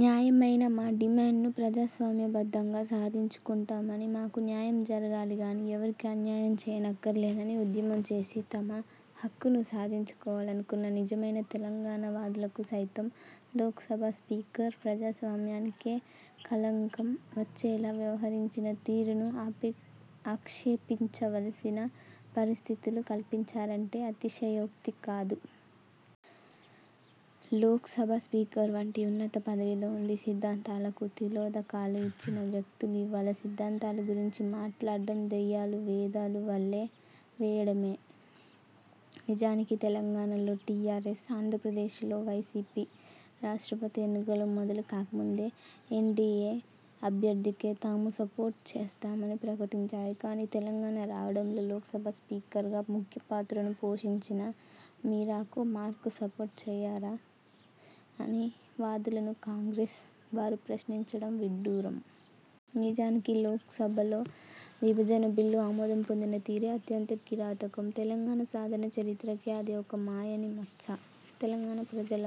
న్యాయమైన మా డిమాండ్ను ప్రజాస్వామ్య బద్ధంగా సాధించుకొంటామనీ, మాకు న్యాయం జరగాలి గానీ ఎవరికీ అన్యాయం చేయనక్కర్లేదని ఉద్యమం చేసి తమ హక్కును సాధించుకోవాలనుకొన్న నిజమైన తెలంగాణవాదులకు సైతం– లోక్సభ స్పీకర్ ప్రజాస్వామ్యానికే కళంకం వచ్చేలా వ్యహరించిన తీరును -ఆక్షేపించవలసిన పరిస్థితులు కల్పించారంటే అతిశయోక్తి కాదు. లోక్సభ స్పీకర్ వంటి ఉన్నత పదవిలో ఉండి సిద్ధాంతాలకు తిలోదకాలు ఇచ్చిన వ్యక్తులు ఇవాళ సిద్ధాంతాలు గురించి మాట్లాడడం దెయ్యాలు వేదాలు వల్లెవేయడమే. నిజానికి తెలంగాణలో టీఆర్ఎస్, ఆంధ్రప్రదేశ్లో వైసీపీ రాష్ట్రపతి ఎన్నికలు మొదలు కాకముందే ఎన్డీయే అభ్యర్థికే తాము సపోర్ట్ చేస్తామని ప్రకటించాయి. కానీ తెలంగాణ రావడంలో లోక్సభ స్పీకర్ గా ముఖ్యపాత్రను పోషించిన మీరాకుమార్కు సపోర్ట్ చేయరా అని తెలంగాణ వాదులను కాంగ్రెస్ వారు ప్రశ్నించడం విడ్డూరం. నిజానికి లోక్సభలో విభజన బిల్లు ఆమోదం పొందిన తీరే అత్యంత కిరాతకం. తెలంగాణ సాధన చరిత్రకే అది ఒక మాయని మచ్చ. తెలంగాణ ప్రజల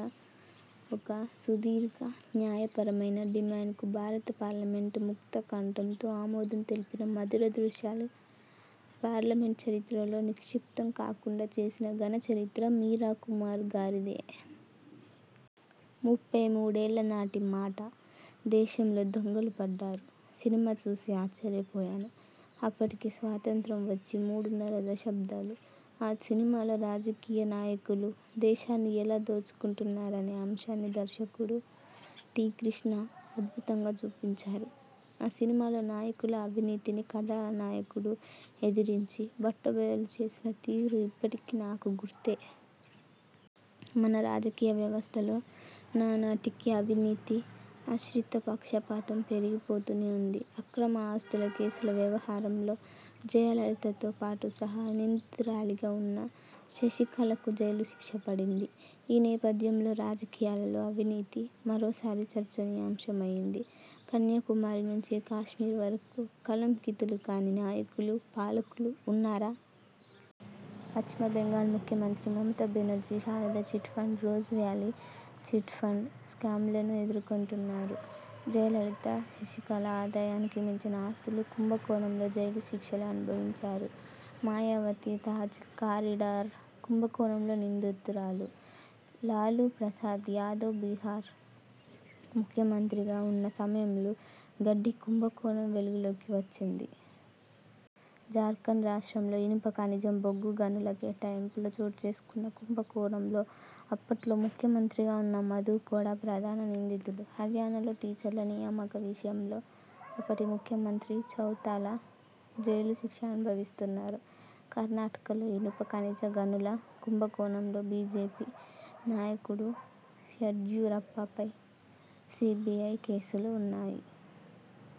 ఒక సుదీర్ఘ, న్యాయపరమైన డిమాండ్కు భారత పార్లమెంట్ ముక్తకంఠంతో ఆమోదం తెలిపిన మధుర దృశ్యాలు పార్లమెంటు చరిత్రలో నిక్షిప్తం కాకుండా చేసిన ఘన చరిత్ర మీరాకుమార్ గారిదే. ముప్పై మూడేళ్ళ నాటి మాట. 'దేశంలో దొంగలు పడ్డారు' సినిమా చూసి ఆశ్చర్యపోయాను. అప్పటికి స్వాతంత్రం వచ్చి మూడున్నర దశాబ్దాలు. ఆ సినిమాలో రాజకీయ నాయకులు దేశాన్ని ఎలా దోచుకుంటున్నారనే అంశాన్ని దర్శకుడు టి. కృష్ణ అద్భుతంగా చూపించారు. ఆ సినిమాలో నాయకుల అవినీతిని కథానాయకుడు ఎదిరించి, బట్టబయలు చేసిన తీరు ఇప్పటికీ నాకు గుర్తే. మన రాజకీయ వ్యవస్థలో నానాటికీ అవినీతి, ఆశ్రిత పక్షపాతం పెరిగిపోతూనే ఉంది. అక్రమ ఆస్తుల కేసుల వ్యవహారంలో జయలలితతో పాటు సహ నిందితురాలిగా ఉన్న శశికళకు జైలు శిక్ష పడింది. ఈ నేపథ్యంలో రాజకీయాలలో అవినీతి మరోసారి చర్చనీయాంశమయింది. కన్యాకుమారి నుంచి కశ్మీర్ వరకు కళంకితులు కాని నాయకులు, పాలకులు వున్నారా? పశ్చిమ బెంగాల్ ముఖ్యమంత్రి Mamata Banerjee Sharada chit fund, rose valley chit fund స్కామ్లను ఎదుర్కొంటున్నారు. జయలలిత, శశికళ ఆదాయానికి మించిన ఆస్తుల కుంభకోణంలో జైలు శిక్షలు అనుభవించారు. మాయావతి తాజ్ కారిడార్ కుంభకోణంలో నిందితురాలు. లాలూ ప్రసాద్ యాదవ్ బిహార్ ముఖ్యమంత్రిగా వున్న సమయంలో గడ్డి కుంభకోణం వెలుగులోకి వచ్చింది. జార్ఖండ్ రాష్ట్రంలో ఇనుప ఖనిజం, బొగ్గు గనుల కేటాయింపులో చోటుచేసుకున్న కుంభకోణంలో అప్పట్లో ముఖ్యమంత్రిగా ఉన్న మధు కోడా ప్రధాన నిందితుడు. హర్యానాలో టీచర్ల నియామక విషయంలో అప్పటి ముఖ్యమంత్రి చౌతాలా జైలు శిక్ష అనుభవిస్తున్నారు. కర్ణాటకలో ఇనుప ఖనిజ గనుల కుంభకోణంలో బీజేపీ నాయకుడు యడ్యూరప్పపై సీబీఐ కేసులు ఉన్నాయి.